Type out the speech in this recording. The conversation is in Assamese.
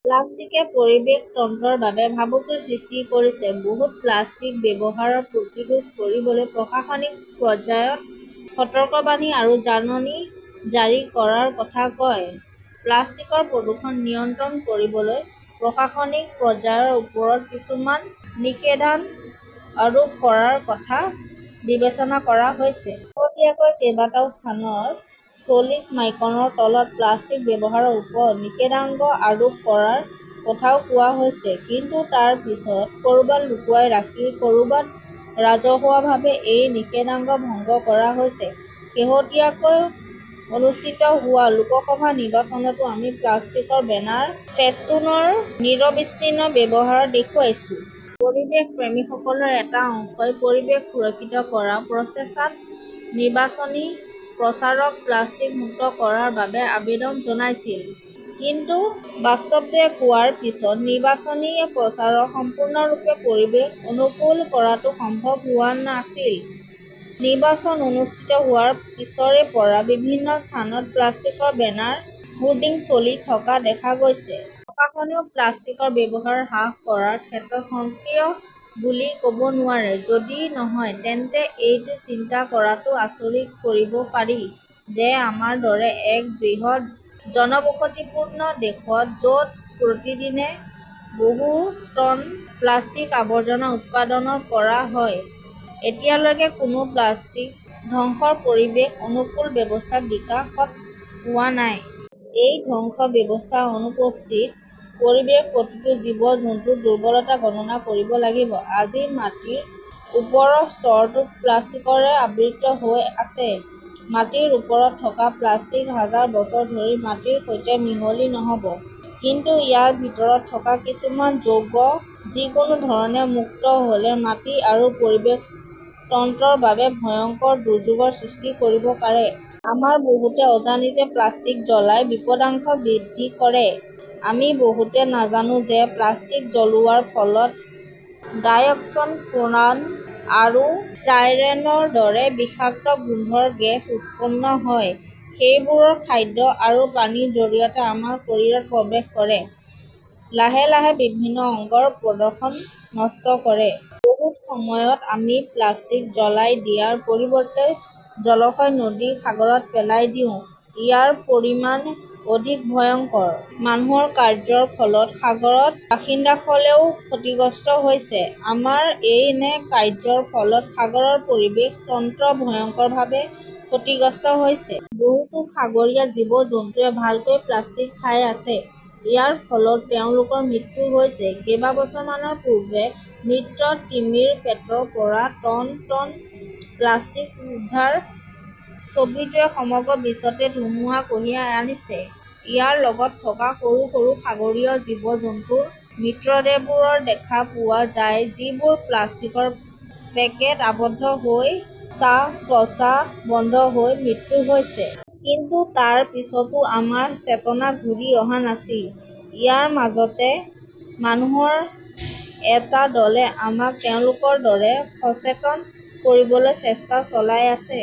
প্লাষ্টিকে পৰিৱেশ তন্ত্ৰৰ বাবে ভাবুকিৰ সৃষ্টি কৰিছে। বহুতে প্লাষ্টিকৰ ব্যৱহাৰ প্ৰতিৰোধ কৰিবলৈ প্ৰশাসনিক পৰ্যায়ত সতৰ্কবাণী আৰু জাননী জাৰি কৰাৰ কথা কয়। প্লাষ্টিকৰ প্ৰদূষণ নিয়ন্ত্ৰণ কৰিবলৈ প্ৰশাসনিক পৰ্যায়ৰ পৰাও কিছুমান নিষেধাজ্ঞা আৰোপ কৰাৰ কথা বিবেচনা কৰা হৈছে। শেহতীয়াকৈ কেইবাটাও স্থানত চল্লিশ মাইক্ৰনৰ তলত প্লাষ্টিক ব্যৱহাৰৰ ওপৰত নিষেধাজ্ঞা আৰোপ কৰাৰ কথাও কোৱা হৈছে। কিন্তু তাৰ পিছতো ক'ৰবাত লুকুৱাই ৰাখি আৰু ক'ৰবাত ৰাজহুৱাভাৱে এই নিষেধাজ্ঞা ভংগ কৰা হৈছে। শেহতীয়াকৈ অনুষ্ঠিত হোৱা লোকসভা নিৰ্বাচনতও আমি প্লাষ্টিকৰ বেনাৰ ফেষ্টুনৰ নিৰবিচ্ছিন্ন ব্যৱহাৰ দেখিছো। পৰিৱেশ প্ৰেমীসকলৰ এটা অংশই পৰিৱেশ সুৰক্ষিত কৰাৰ প্ৰচেষ্টাত নিৰ্বাচনী প্ৰচাৰক 'প্লাষ্টিক মুক্ত "কৰাৰ বাবে আবেদন জনাইছিল। কিন্তু বাস্তৱটোৱে কোৱাৰ পিছতো নিৰ্বাচনী প্ৰচাৰক সম্পূৰ্ণৰূপে 'পৰিৱেশ অনুকূল' কৰাটো সম্ভৱ হোৱা নাছিল। নিৰ্বাচন অনুষ্ঠিত হোৱাৰ পিছৰে পৰা বিভিন্ন স্থানত প্লাষ্টিকৰ বেনাৰ হোৰ্ডিং চলি থকা দেখা গৈছে। প্ৰশাসনেও প্লাষ্টিকৰ ব্যৱহাৰ হ্ৰাস কৰাৰ ক্ষেত্ৰত সক্ৰিয় বুলি ক'ব নোৱাৰি। যদি নহয়, তেন্তে এইটো চিন্তা কৰাটো আচৰিত কৰিব পাৰি যে আমাৰ দৰে এক বৃহৎ জনবসতিপূৰ্ণ দেশত, য 'ত প্ৰতিদিনে বহু টন প্লাষ্টিকৰ আৱৰ্জনা উৎপাদন কৰা হয়, এতিয়ালৈকে কোনো প্লাষ্টিক ধ্বংসৰ পৰিৱেশ-অনুকূল ব্যৱস্থা বিকশিত হোৱা নাই। এই ধ্বংস ব্যৱস্থাৰ অনুপস্থিতিত পৰিৱেশৰ প্ৰতিটো জীৱ-জন্তুৰ দুৰ্বলতা গণনা কৰিব লাগিব। আজি মাটিৰ ওপৰৰ স্তৰটো প্লাষ্টিকৰে আবৃত হৈ আছে। মাটিৰ ওপৰত থকা প্লাষ্টিক হাজাৰ বছৰ ধৰি মাটিৰ সৈতে মিহলি নহ'ব। কিন্তু ইয়াৰ ভিতৰত থকা কিছুমান যৌগ যিকোনো ধৰণে মুক্ত হ'লে মাটি আৰু পৰিৱেশ তন্ত্ৰৰ বাবে ভয়ংকৰ দুৰ্যোগৰ সৃষ্টি কৰিব পাৰে। আমাৰ বহুতে অজানিতে প্লাষ্টিক জ্বলাই বিপদাশংকা বৃদ্ধি কৰে। আমি বহুতে নাজানো যে প্লাষ্টিক জ্বলোৱাৰ ফলত ডাইঅক্সিন, ফুৰান আৰু ষ্টাইৰিনৰ দৰে বিষাক্ত গধুৰ গেছ উৎপন্ন হয়। সেইবোৰে খাদ্য আৰু পানীয়ৰ জৰিয়তে আমাৰ শৰীৰত প্ৰৱেশ কৰি লাহে লাহে বিভিন্ন অংগৰ প্ৰদৰ্শন নষ্ট কৰে। বহু সময়ত আমি প্লাষ্টিক জ্বলাই দিয়াৰ পৰিৱৰ্তে জলাশয়, নদী, সাগৰত পেলাই দিওঁ। ইয়াৰ পৰিণাম অধিক ভয়ংকৰ। মানুহৰ কাৰ্যৰ ফলত সাগৰৰ বাসিন্দাসকলেও ক্ষতিগ্ৰস্ত হৈছে। আমাৰ এনে কাৰ্য্যৰ ফলত সাগৰৰ পৰিৱেশ তন্ত্ৰ ভয়ংকৰভাৱে ক্ষতিগ্ৰস্ত হৈছে। বহুতো সাগৰীয় জীৱ-জন্তুৱে ভুলকৈ প্লাষ্টিক খাই আছে। ইয়াৰ ফলত তেওঁলোকৰ মৃত্যুও হৈছে। কেইবছৰমান পূৰ্বে মৃত তিমিৰ পেটৰ পৰা টন টন প্লাষ্টিক উদ্ধাৰৰ ছবিটোৱে সমগ্ৰ বিশ্বতে ধুমুহা কঢ়িয়াই আনিছে। ইয়াৰ লগত থকা সৰু সৰু সাগৰীয় জীৱ-জন্তুৰ মৃতদেহবোৰো দেখা পোৱা যায় যিবোৰ প্লাষ্টিকৰ পেকেটত আবদ্ধ হৈ শ্বাস-প্ৰশ্বাস বন্ধ হৈ মৃত্যু হৈছিল। কিন্তু তাৰ পিছতো আমাৰ চেতনা ঘূৰি অহা নাছিল। ইয়াৰ মাজতে মানুহৰ এটা দলে আমাক তেওঁলোকৰ দৰে সচেতন কৰিবলৈ চেষ্টা চলাই আছে।